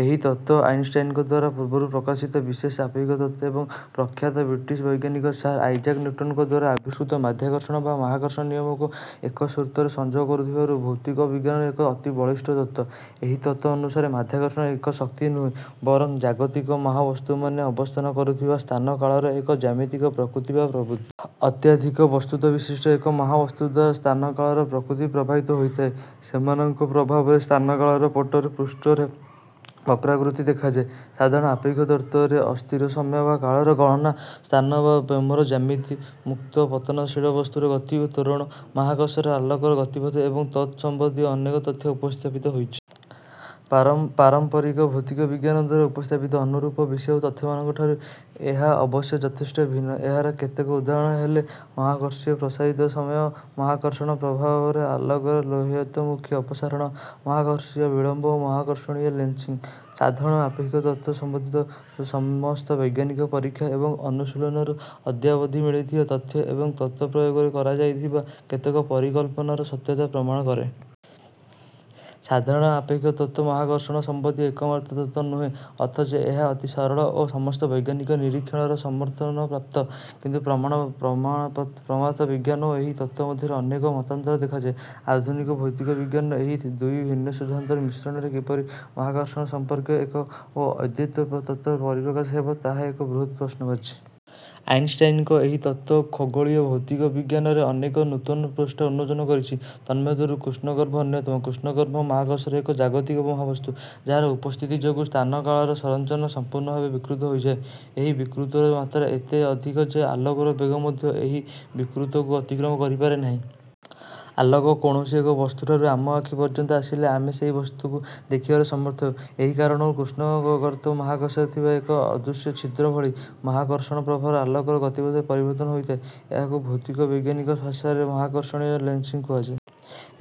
ଏହି ତତ୍ତ୍ୱ ଆଇନଷ୍ଟାଇନଙ୍କଦ୍ୱାରା ପୂର୍ବରୁ ପ୍ରକାଶିତ ବିଶେଷ ଆପେକ୍ଷିକ ତତ୍ତ୍ୱ ଏବଂ ପ୍ରଖ୍ୟାତ ବ୍ରିଟିଶ୍ ବୈଜ୍ଞାନିକ ସାର୍ ଆଇଜାକ୍ ନିଉଟନଙ୍କଦ୍ୱାରା ଆବିଷ୍କୃତ ମାଧ୍ୟାକର୍ଷଣ ବା ମହାକର୍ଷଣ ନିୟମକୁ ଏକସୂତ୍ରରେ ସଂଯୋଗ କରୁଥିବାରୁ ଭୌତିକ ବିଜ୍ଞାନର ଏକ ଅତି ବଳିଷ୍ଠ ତତ୍ତ୍ୱ। ଏହି ତତ୍ତ୍ୱ ଅନୁସାରେ ମାଧ୍ୟାକର୍ଷଣ ଏକ ଶକ୍ତି ନୁହେଁ, ବରଂ ଜାଗତିକ ମହାବସ୍ତୁମାନେ ଅବସ୍ଥାନ କରୁଥିବା ସ୍ଥାନକାଳର ଏକ ଜ୍ୟାମିତିକ ପ୍ରକୃତି ବା ପ୍ରବୃତ୍ତି। ଅତ୍ୟଧିକ ବସ୍ତୁତ୍ୱବିଶିଷ୍ଟ ଏକ ମହାବସ୍ତୁଦ୍ୱାରା ସ୍ଥାନକାଳର ପ୍ରକୃତି ପ୍ରଭାବିତ ହୋଇଥାଏ। ସେମାନଙ୍କ ପ୍ରଭାବରେ ସ୍ଥାନକାଳର ପଟ୍ଟରେ ପୂଷ୍ଠରେ ବକ୍ରାକୃତି ଦେଖାଯାଏ। ସାଧାରଣ ଆପେକ୍ଷିକ ତତ୍ତ୍ୱରେ ଅସ୍ଥିର ସମୟ ବା କାଳର ଗଣନା, ସ୍ଥାନ ବା ବ୍ୟୋମର ଜ୍ୟାମିତି, ମୁକ୍ତ ପତନଶୀଳ ବସ୍ତୁର ଗତି ଓ ତ୍ୱରଣ, ମହାକାଶରେ ଆଲୋକର ଗତିପଥ ଏବଂ ତତ୍ ସମ୍ବନ୍ଧୀୟ ଅନେକ ତଥ୍ୟ ଉପସ୍ଥାପିତ ହୋଇଛି। ପାରମ୍ପରିକ ଭୌତିକ ବିଜ୍ଞାନଦ୍ୱାରା ଉପସ୍ଥାପିତ ଅନୁରୂପ ବିଷୟ ଓ ତଥ୍ୟମାନଙ୍କ ଠାରୁ ଏହା ଅବଶ୍ୟ ଯଥେଷ୍ଟ ଭିନ୍ନ। ଏହାର କେତେକ ଉଦାହରଣ ହେଲେ ମହାକର୍ଷଣୀୟ ପ୍ରସାରିତ ସମୟ, ମହାକର୍ଷଣ ପ୍ରଭାବରେ ଆଲୋକର ଲୋହିତାଭିମୁଖୀ ଅପସାରଣ, ମହାକର୍ଷଣୀୟ ବିଳମ୍ବ, ମହାକର୍ଷଣୀୟ ଲେନ୍ସିଂ। ସାଧାରଣ ଆପେକ୍ଷିକ ତତ୍ତ୍ୱ ସମ୍ବନ୍ଧିତ ସମସ୍ତ ବୈଜ୍ଞାନିକ ପରୀକ୍ଷା ଏବଂ ଅନୁଶୀଳନରୁ ଅଦ୍ୟାବଧି ମିଳିଥିବା ତଥ୍ୟ, ଏହି ତତ୍ତ୍ୱ ପ୍ରୟୋଗରେ କରାଯାଇଥିବା କେତେକ ପରିକଳ୍ପନାର ସତ୍ୟତା ପ୍ରମାଣ କରେ। ସାଧାରଣ ଆପେକ୍ଷିକ ତତ୍ତ୍ୱ ମହାକର୍ଷଣ ସମ୍ବନ୍ଧୀୟ ଏକମାତ୍ର ତତ୍ତ୍ୱ ନୁହେଁ ଅଥଚ ଏହା ଅତି ସରଳ ଓ ସମସ୍ତ ବୈଜ୍ଞାନିକ ନିରୀକ୍ଷଣର ସମର୍ଥନପ୍ରାପ୍ତ। କିନ୍ତୁ ପ୍ରମାତ୍ର ବିଜ୍ଞାନ ଓ ଏହି ତତ୍ତ୍ୱ ମଧ୍ୟରେ ଅନେକ ମତାନ୍ତର ଦେଖାଯାଏ। ଆଧୁନିକ ଭୌତିକ ବିଜ୍ଞାନର ଏହି ଦୁଇ ଭିନ୍ନ ସିଦ୍ଧାନ୍ତର ମିଶ୍ରଣରେ କିପରି ମହାକର୍ଷଣ ସମ୍ପର୍କୀୟ ଏକ ଓ ଅଦ୍ୱୈତ ତତ୍ତ୍ୱର ପରିପ୍ରକାଶ ହେବ, ତାହା ଏକ ବୃହତ୍ ପ୍ରଶ୍ନବାଚୀ। ଆଇନଷ୍ଟାଇନଙ୍କ ଏହି ତତ୍ତ୍ୱ ଖଗୋଳୀୟ ଭୌତିକ ବିଜ୍ଞାନରେ ଅନେକ ନୂତନ ପୃଷ୍ଠା ଉନ୍ମୋଚନ କରିଛି। ତନ୍ମଧ୍ୟରୁ କୃଷ୍ଣଗର୍ତ୍ତ ଅନ୍ୟତମ। କୃଷ୍ଣଗର୍ତ୍ତ ମହାକାଶର ଏକ ଜାଗତିକ ମହାବସ୍ତୁ, ଯାହାର ଉପସ୍ଥିତି ଯୋଗୁଁ ସ୍ଥାନ-କାଳର ସଂରଚନା ସମ୍ପୂର୍ଣଭାବେ ବିକୃତ ହୋଇଯାଏ। ଏହି ବିକୃତିର ମାତ୍ରା ଏତେ ଅଧିକ ଯେ, ଆଲୋକର ବେଗ ମଧ୍ୟ ଏହି ବିକୃତି କୁ ଅତିକ୍ରମ କରିପାରେ ନାହିଁ। ଆଲୋକ କୌଣସି ଏକ ବସ୍ତୁଠାରୁ ଆମ ଆଖି ପର୍ଯ୍ୟନ୍ତ ଆସିଲେ ଆମେ ସେହି ବସ୍ତୁକୁ ଦେଖିବାରେ ସମର୍ଥ ହେଉ। ଏହି କାରଣରୁ କୃଷ୍ଣଗର୍ତ୍ତ ମହାକାଶରେ ଥିବା ଏକ ଅଦୃଶ୍ୟ ଛିଦ୍ର ଭଳି। ମହାକର୍ଷଣ ପ୍ରଭାବରେ ଆଲୋକର ଗତିପଥରେ ପରିବର୍ତ୍ତନ ହୋଇଥାଏ। ଏହାକୁ ଭୌତିକ ବୈଜ୍ଞାନିକ ଭାଷାରେ ମହାକର୍ଷଣୀୟ ଲେନ୍ସିଂ କୁହାଯାଏ।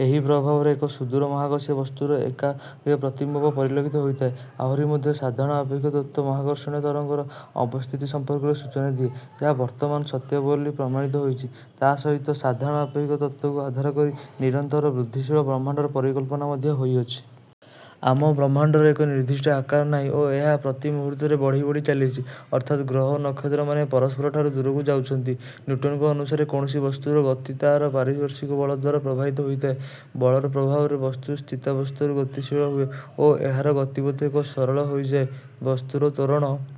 ଏହି ପ୍ରଭାବରେ ଏକ ସୁଦୂର ମହାକାଶୀୟ ବସ୍ତୁର ଏକାଧିକ ପ୍ରତିବିମ୍ବ ପରିଲକ୍ଷିତ ହୋଇଥାଏ। ଆହୁରି ମଧ୍ୟ, ସାଧାରଣ ଆପେକ୍ଷିକ ତତ୍ତ୍ୱ, ମହାକର୍ଷଣୀୟ ତରଙ୍ଗର ଅବସ୍ଥିତି ସମ୍ପର୍କରେ ସୂଚନା ଦିଏ ଯାହା ବର୍ତ୍ତମାନ ସତ୍ୟ ବୋଲି ପ୍ରମାଣିତ ହୋଇଛି। ତା' ସହିତ, ସାଧାରଣ ଆପେକ୍ଷିକ ତତ୍ତ୍ୱକୁ ଆଧାର କରି ନିରନ୍ତର ବୃଦ୍ଧିଶୀଳ ବ୍ରହ୍ମାଂଣ୍ଡର ପରିକଳ୍ପନା ମଧ୍ୟ ହୋଇଅଛି। ଆମ ବ୍ରହ୍ମାଣ୍ଡର ଏକ ନିର୍ଦ୍ଦିଷ୍ଟ ଆକାର ନାହିଁ ଓ ଏହା ପ୍ରତି ମୁହୂର୍ତ୍ତରେ ବଢି ବଢି ଚାଲିଛି। ଅର୍ଥାତ୍ ଗ୍ରହ ଓ ନକ୍ଷତ୍ର ମାନେ ପରସ୍ପରଠାରୁ ଦୂରକୁ ଯାଉଛନ୍ତି। ନିଉଟନଙ୍କ ଅନୁସାରେ କୌଣସି ବସ୍ତୁର ଗତି ତା'ର ପାରିପାର୍ଶ୍ୱିକ ବଳଦ୍ୱାରା ପ୍ରଭାବିତ ହୋଇଥାଏ। ବଳର ପ୍ରଭାବରେ ବସ୍ତୁ ସ୍ଥିତାବସ୍ଥାରୁ ଗତିଶୀଳ ହୁଏ ଓ ଏହାର ଗତିପଥ ଏକ ସରଳ ହୋଇଯାଏ। ବସ୍ତୁର ତ୍ୱରଣ